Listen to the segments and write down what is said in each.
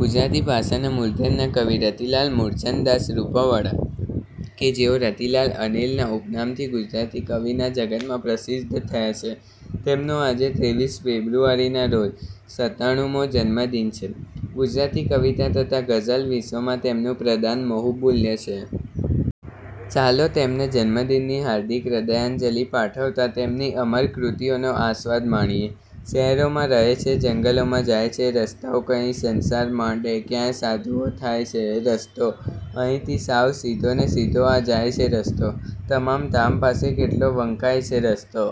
ગુજરાતી ભાષાના મૂર્ધન્ય કવિ રતિલાલ મૂળચંદદાસ રૂપાવાળા કે જેઓ રતિલાલ 'અનિલ'ના ઉપનામથી ગુજરાતી કવિતા જગતમાં પ્રસિદ્ધ થયા છે. તેમનો આજે ત્રેવીસ ફેબ્રુઆરીના રોજ સતાનું મો જન્મદિન છે. ગુજરાતી કવિતા તથા ગઝલ વિશ્વમાં તેમનું પ્રદાન બહુમૂલ્ય છે. ચાલો, તેમને જન્મદિનની હાર્દિક હૃદયાંજલિ પાઠવતાં તેમની અમર કૃતિઓનો આસ્વાદ માણીએ… શહેરોમાં રહે છે, જંગલોમાં જાય છે રસ્તો, કહીં સંસાર માંડે, ક્યાંક સાધુ થાય છે રસ્તો. અહીંથી સાવ સીધો ને સીધો આ જાય છે રસ્તો, તમારા ધામ પાસે કેટલો વંકાય છે રસ્તો!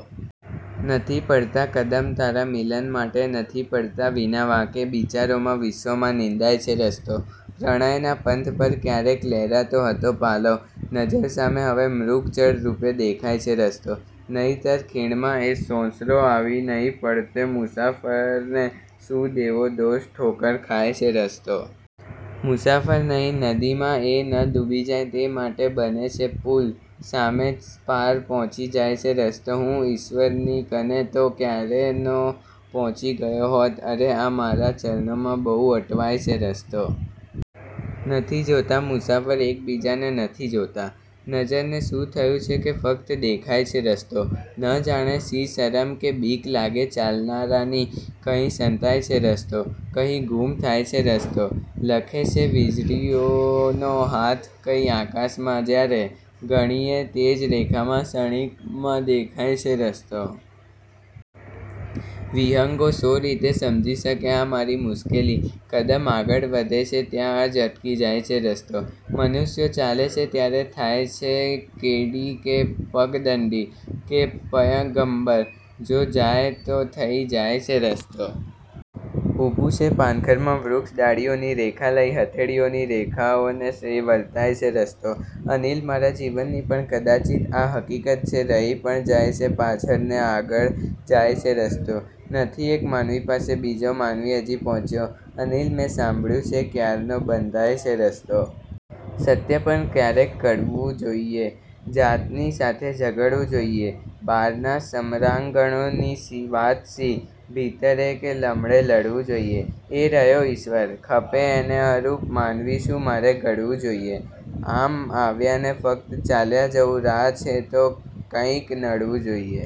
નથી પડતાં કદમ, તારા મિલન માટે નથી પડતાં, વિના વાંકે બિચારો વિશ્વમાં નિંદાય છે રસ્તો. પ્રણયના પંથ પર ક્યારેક લ્હેરાતો હતો પાલવ, નજર સામે હવે મૃગજળ રૂપે દેખાય છે રસ્તો. નહિતર ખીણમાં એ સોંસરો આવી નહીં પડતે, મુસાફરને શું દેવો દોષ, ઠોકર ખાય છે રસ્તો! મુસાફર નહિ, નદીમાં એ ન ડૂબી જાય તે માટે, બને છે પુલ, સામે પાર પ્હોંચી જાય છે રસ્તો. હું ઈશ્વરની કને તો ક્યારનો પ્હોંચી ગયો હોત, અરે, આ મારાં ચરણોમાં બહુ અટવાય છે રસ્તો! નથી જોતા મુસાફર એકબીજાને નથી જોતા, નજરને શું થયું છે કે ફકત દેખાય છે રસ્તો! ન જાણે શી શરમ કે બીક લાગે ચાલનારાની, કહીં સંતાય છે રસ્તો, કહીં ગુમ થાય છે રસ્તો. લખે છે વીજળીનો હાથ કંઈ આકાશમાં જ્યારે, ઘણીએ તેજ રેખામાં ક્ષણિક દેખાય છે રસ્તો! વિહંગો શી રીતે સમજી શકે આ મારી મુશ્કેલી, કદમ આગળ વધે છે ત્યાં જ અટકી જાય છે રસ્તો! મનુષ્યો ચાલે છે ત્યારે થાય છે કેડી કે પગદંડી, કે પયગમ્બર જો જાય તો થઈ જાય છે રસ્તો! ઊભું છે પાનખરમાં વૃક્ષ ડાળીઓની રેખા લઈ, હથેળીઓની રેખાઓનો એ વર્તાય છે રસ્તો! 'અનિલ' મારા જીવનની પણ કદાચિત્ આ હકીકત છે, રહી પણ જાય છે પાછળ ને આગળ જાય છે રસ્તો! નથી એક માનવી પાસે બીજો માનવી હજી પ્હોંચ્યો, 'અનિલ', મેં સાંભળ્યું છે ક્યારનો બંધાય છે રસ્તો! સત્ય પણ ક્યારેક કડવું જોઇએ, જાતની સાથે ઝઘડવું જોઇએ! બ્હારના સમરાંગણોની વાત શી? ભીતરે કે લમણે લડવું જોઇએ! એ રહ્યો ઇશ્વર, ખપે એને અરૂપ; માનવી છું, મારે ઘડવું જોઇએ! આમ આવ્યા ને ફક્ત ચાલ્યા જવું, રાહ છે તો કૈંક નડવું જોઇએ!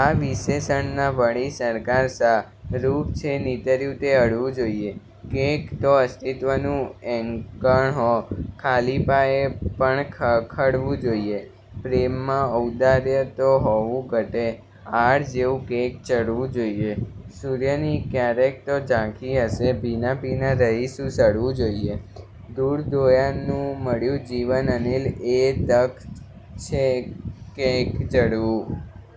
આ વિશેષણના વળી શણગાર શા? રૂપ છે નીતર્યુ તે અડવું જોઇએ! કૈંક તો અસ્તિત્વનું એંધાણ હો! ખાલીપાએ પણ ખખડવું જોઇએ! પ્રેમમાં ઔંદાર્ય તો હોવું ઘટે! આળ જેવું કૈંક ચડવું જોઇએ! સૂર્યની ક્યારેક તો ઝાંખી હશે, ભીના ભીના રહી શું સડવું જોઇએ? ધૂળધોયાનું મળ્યું જીવન અનિલ, એય તક છે, કૈંક જડવું